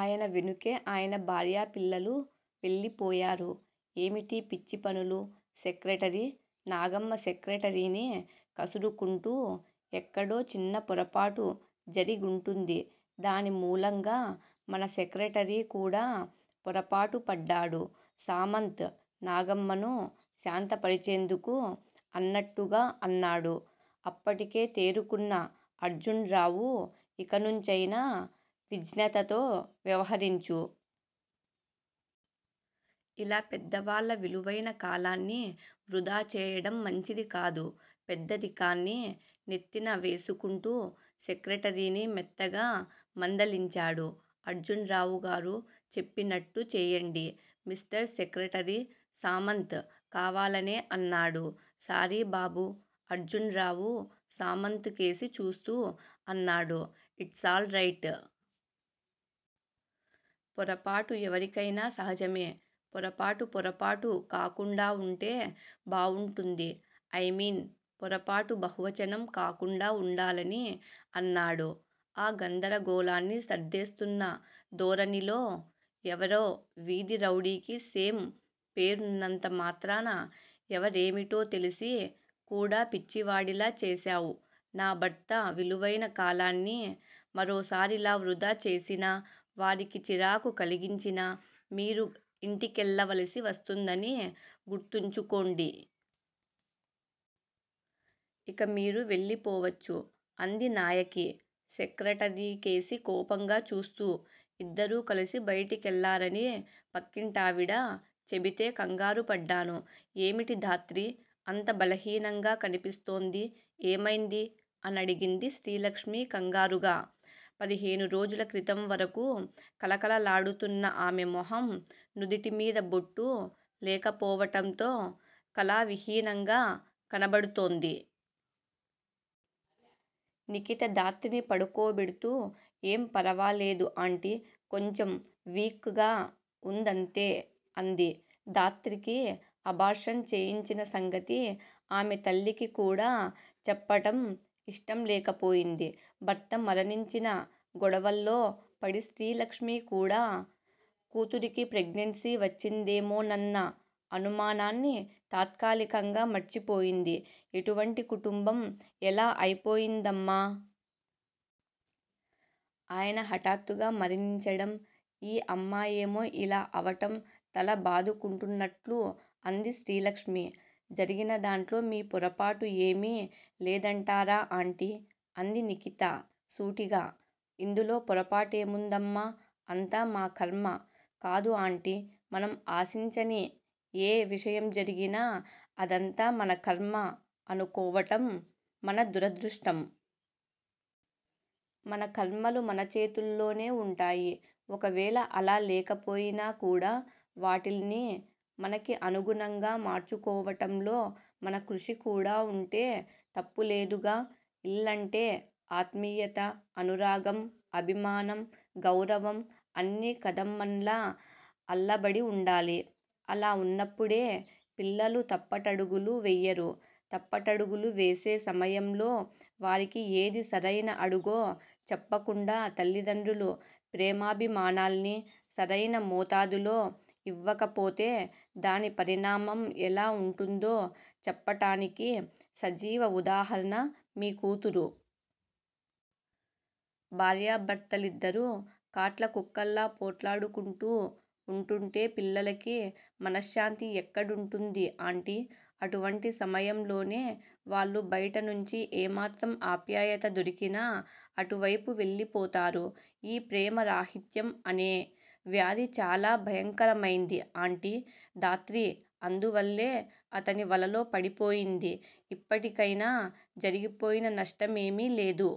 ఆయన వెనుకే ఆయన భార్యాపిల్లలు వెళ్ళిపోయారు. ఏమిటీ పిచ్చి పనులు సెక్రటరీ? నాగమ్మ సెక్రటరీని కసురుకుంటూ. ఎక్కడో చిన్న పొరపాటు జరిగుంటుంది. దాని మూలంగా మన సెక్రటరీ కూడా పొరపాటుపడ్డాడు సామంత్ నాగమ్మను శాంతపరిచేందుకు అన్నట్టుగా అన్నాడు. అప్పటికే తేరుకున్న అర్జున్ రావు ఇకనుంచైనా విజ్ఞతతో వ్యవహరించు. ఇలా పెద్దవాళ్ళ విలువైన కాలాన్ని వృధా చేయడం మంచిది కాదు పెద్దరికాన్ని నెత్తిన వేసుకుంటూ సెక్రటరీని మెత్తగా మందలించాడు. అర్జున్ రావుగారు చెప్పినట్టు చేయండి మిస్టర్ సెక్రటరీ సామంత్ కావాలనే అన్నాడు. సారీ బాబు అర్జున్ రావు సామంత్ కేసి చూస్తూ అన్నాడు. It's all right. పొరపాటు ఎవరికైనా సహజమే. పొరపాటు పొరపాటు కాకుండా వుంటే బావుంటుంది. ఐమీన్ పొరపాటు బహువచనం కాకుండా వుండాలని అన్నాడు ఆ గందరగోళాన్ని సర్దేస్తున్న ధోరణిలో. ఎవరో వీధి రౌడీకి సేమ్ పేరున్నంత మాత్రాన ఎవరేమిటో తెలిసి కూడా పిచ్చివాడిలా చేశావ్. నా భర్త విలువైన కాలాన్ని మరోసారిలా వృధా చేసినా, వారికి చిరాకు కలిగించినా మీరు ఇంటికెళ్ళ వలసి వస్తుందని గుర్తుంచుకోండి. ఇక మీరు వెళ్ళిపోవచ్చు అంది నాయకి సెక్రటరీకేసి కోపంగా చూస్తూ. ఇద్దరూ కలిసి బయటికెళ్ళారని పక్కింటావిడ చెబితే కంగారుపడ్డాను. ఏమిటి, ధాత్రి అంత బలహీనంగా కనిపిస్తోంది. ఏమైంది అనడిగింది శ్రీలక్ష్మి కంగారుగా. పదిహేనురోజుల క్రితం వరకూ కళకళలాడుతున్న ఆమె మొహం నుదుటిమీద బొట్టు లేకపోవటంతో కళావిహీనంగా కనబడుతోంది. నిఖిత ధాత్రిని పడుకోబెడుతూ ఏం ఫరవాలేదు ఆంటీ. కొంచెం వీక్ గా వుందంతే అంది. ధాత్రికి అబార్షన్ చేయించిన సంగతి ఆమె తల్లికి కూడా చెప్పటం ఇష్టంలేకపోయింది. భర్త మరణించిన గొడవల్లో పడి శ్రీలక్ష్మి కూడా కూతురికి ప్రెగ్నెన్సీ వచ్చిందేమోనన్న అనుమానాన్ని తాత్కాలికంగా మార్చిపోయింది. ఎటువంటి కుటుంబం ఎలా అయిపోయిందమ్మా! ఆయన హఠాత్తుగా మరణించడం ఈ అమ్మాయేమో ఇలా అవటం తల బాదుకుంటున్నట్లు అంది శ్రీలక్ష్మి. జరిగినదాంట్లో మీ పొరపాటు ఏమీ లేదంటారా ఆంటీ? అంది నిఖిత సూటిగా. ఇందులో పొరపాటేముందమ్మా? అంతా మా ఖర్మ. కాదు ఆంటీ. మనం ఆశించని ఏ విషయం జరిగినా అదంతా మనఖర్మ అనుకోవటం మన దురదృష్టం. మన ఖర్మలు మన చేతుల్లోనే వుంటాయి. ఒకవేళ అలా లేకపోయినా కూడా, వాటిల్ని మనకి అనుగుణంగా మార్చుకోవటంలో మన కృషి కూడా వుంటే తప్పులేదుగా. ఇల్లంటే ఆత్మీయత, అనురాగం, అభిమానం, గౌరవం అన్నీ కదంబంలా అల్లబడి వుండాలి. అలా వున్నప్పుడే పిల్లలు తప్పటడుగులు వెయ్యరు. తప్పటడుగులు వేసే సమయంలో వారికి ఏది సరయిన అడుగో చెప్పకుండా, తల్లిదండ్రులు ప్రేమాభిమానాల్ని సరయిన మోతాదులో ఇవ్వకపోతే దాని పరిణామం ఎలా వుంటుందో చెప్పటానికి సజీవ ఉదాహరణ మీ కూతురు. భార్యాభర్తలిద్దరు కాట్లకుక్కల్లా పోట్లాడుకుంటూ వుంటుంటే పిల్లలకి మనశ్శాంతి ఎక్కడుంటుంది ఆంటీ? అటువంటి సమయంలోనే వాళ్ళు బయటనుంచి ఏ మాత్రం ఆప్యాయత దొరికినా అటువైపు వెళ్ళి పోతారు. ఈ ప్రేమ రాహిత్యం అనే వ్యాధి చాలా భయంకరమైంది ఆంటీ. ధాత్రీ అందువల్లే అతని వలలో పడిపోయింది. ఇప్పటికైనా జరిగిపోయిన నష్టమేమీలేదు.